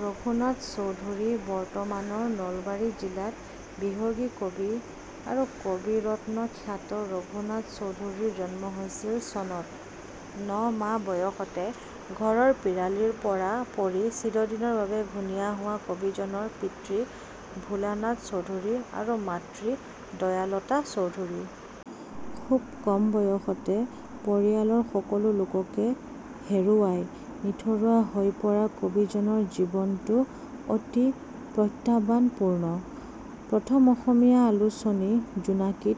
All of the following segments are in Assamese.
ৰঘুনাথ চৌধুৰী বৰ্তমানৰ নলবাৰী জিলাত 'বিহগী কবি' আৰু 'কবিৰত্ন'খ্যাত ৰঘুনাথ চৌধুৰীৰ জন্ম হৈছিল চনত। ন মাহ বয়সতে ঘৰৰ পিৰালীৰ পৰা পৰি চিৰদিনৰ বাবে ঘূণীয়া হোৱা কবিজনৰ পিতৃ ভোলানাথ চৌধুৰী আৰু মাতৃ দয়ালতা চৌধুৰী। খুব কম বয়সতে পৰিয়ালৰ সকলো লোককে হেৰুৱাই নিথৰুৱা হৈ পৰা কবিজনৰ জীৱনটো অতি প্ৰত্যাহ্বানপূৰ্ণ। প্ৰথম অসমীয়া আলোচনী জোনাকীত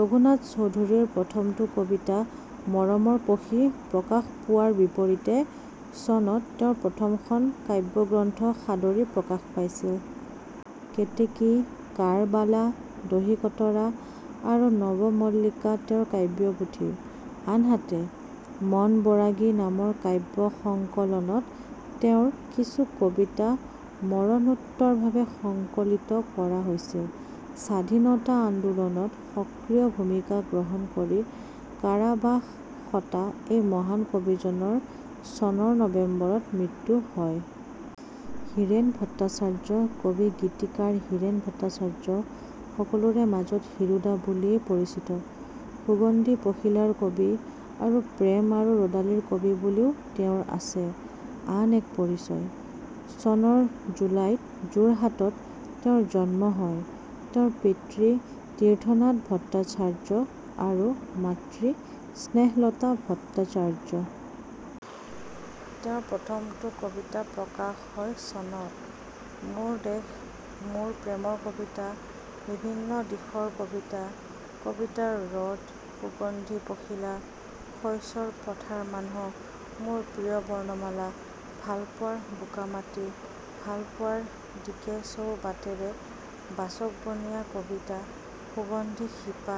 ৰঘুনাথ চৌধুৰীৰ প্ৰথমটো কবিতা 'মৰমৰ পখী' প্ৰকাশ পোৱাৰ বিপৰীতে চনত তেওঁৰ প্ৰথমখন কাব্যগ্ৰন্থ 'সাদৰী' প্ৰকাশ পাইছিল। 'কেতেকী', 'কাৰবালা', 'দহিকতৰা' আৰু 'নৱমল্লিকা' তেওঁৰ কাব্যপুথি। আনহাতে, 'মন বৰাগী' নামৰ কাব্য সংকলনত তেওঁৰ কিছু কবিতা মৰণোত্তৰভাৱে সংকলিত কৰা হৈছিল। স্বাধীনতা আন্দোলনত সক্ৰিয় ভূমিকা গ্ৰহণ কৰি কাৰাবাস খটা এই মহান কবিজনৰ চনৰ নবেম্বৰত মৃত্যু হয়। হীৰেন ভট্টাচাৰ্য কবি-গীতিকাৰ হীৰেন ভট্টাচাৰ্য সকলোৰে মাজত 'হীৰুদা' বুলিয়েই পৰিচিত। 'সুগন্ধী পখিলাৰ কবি' আৰু 'প্ৰেম আৰু ৰ'দালিৰ কবি' বুলিও তেওঁৰ আছে আন এক পৰিচয়। চনৰ জুলাইত যোৰহাটত তেওঁৰ জন্ম হয়। তেওঁৰ পিতৃ তীৰ্থনাথ ভট্টাচাৰ্য আৰু মাতৃ স্নেহলতা ভট্টাচাৰ্য। তেওঁৰ প্ৰথমটো কবিতা প্ৰকাশ হয় চনত। 'মোৰ দেশ মোৰ প্ৰেমৰ কবিতা', 'বিভিন্ন দিনৰ কবিতা', 'কবিতাৰ ৰ'দ', 'সুগন্ধি পখিলা', 'শইচৰ পথাৰ মানুহ', 'মোৰ প্ৰিয় বৰ্ণমালা', 'ভালপোৱাৰ বোকা-মাটি', 'ভালপোৱাৰ দিক্চৌ বাটেৰে', 'বাচকবনীয়া কবিতা', 'সুগন্ধি শিপা',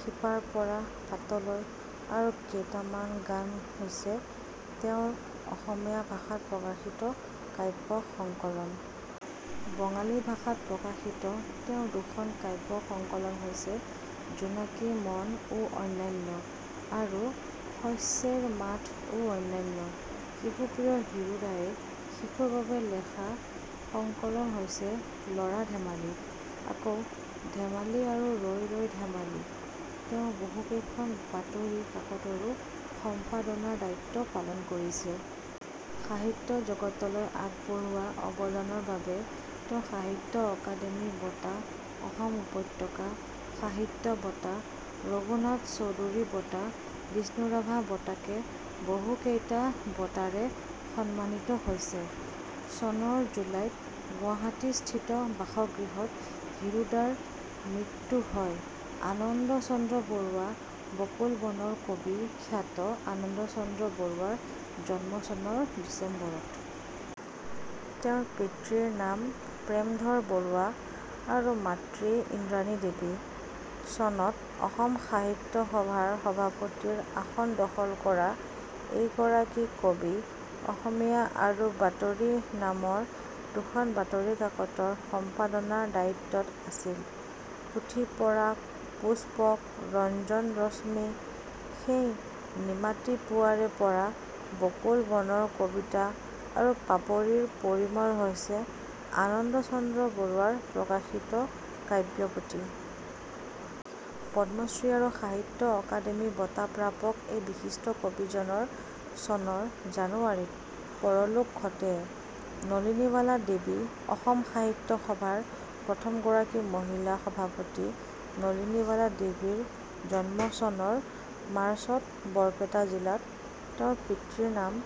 'শিপাৰ পৰা পাতলৈ' আৰু 'কেইটামান গান' হৈছে তেওঁৰ অসমীয়া ভাষাত প্ৰকাশিত কাব্য সংকলন। বঙালী ভাষাত প্ৰকাশিত তেওঁৰ দুখন কাব্য সংকলন হৈছে 'জোনাকী মন ও অন্যান্য' আৰু 'শস্যেৰ মাঠ ও অন্যান্য'। শিশুপ্ৰিয় হীৰুদায়ে শিশুৰ বাবে লেখা সংকলন হৈছে 'ল'ৰা ধেমালি', 'আকৌ ধেমালি' আৰু 'ৰৈ ৰৈ ধেমালি'। তেওঁ বহুকেইখন বাতৰি কাকতৰো সম্পাদনাৰ দায়িত্ব পালন কৰিছিল। সাহিত্য জগতলৈ আগবঢ়োৱা অৱদানৰ বাবে তেওঁ সাহিত্য অকাডেমী বঁটা, অসম উপত্যকা সাহিত্য বঁটা, ৰঘুনাথ চৌধুৰী বঁটা, বিষ্ণুৰাভা বঁটাকে বহুকেইটা বঁটাৰে সন্মানিত হৈছে। চনৰ জুলাইত গুৱাহাটীস্থিত বাসগৃহত হীৰুদাৰ মৃত্যু হয়। আনন্দ চন্দ্ৰ বৰুৱা 'বকুল বন'ৰ কবি খ্যাত আনন্দ চন্দ্ৰ বৰুৱাৰ জন্ম চনৰ ডিচেম্বৰত। তেওঁৰ পিতৃৰ নাম প্ৰেমধৰ বৰুৱা আৰু মাতৃ ইন্দ্ৰানী দেৱী। চনত অসম সাহিত্য সভাৰ সভাপতিৰ আসন দখল কৰা এইগৰাকী কবি 'অসমীয়া' আৰু 'বাতৰি' নামৰ দুখন বাতৰি কাকতৰ সম্পাদনাৰ দায়িত্বত আছিল। 'পুথি-পৰাগ', 'পুস্পক', 'ৰঞ্জন ৰশ্মি', 'সেই নিমাতি পুৱাৰে পৰা', 'বকুল বনৰ কবিতা' আৰু 'পাপৰিৰ পৰিমল' হৈছে আনন্দ চন্দ্ৰ বৰুৱাৰ প্ৰকাশিত কাব্য পুথি। পদ্মশ্ৰী আৰু সাহিত্য অকাডেমী বঁটা প্ৰাপক এই বিশিষ্ট কবিজনৰ চনৰ জানুৱাৰীত পৰলোক ঘটে। নলিনীৱালা দেৱী অসম সাহিত্য সভাৰ প্ৰথম গৰাকী মহিলা সভাপতি নলিনীৱালা দেৱীৰ জন্ম চনৰ মাৰ্চত বৰপেটা জিলাত। তেওঁৰ পিতৃৰ নাম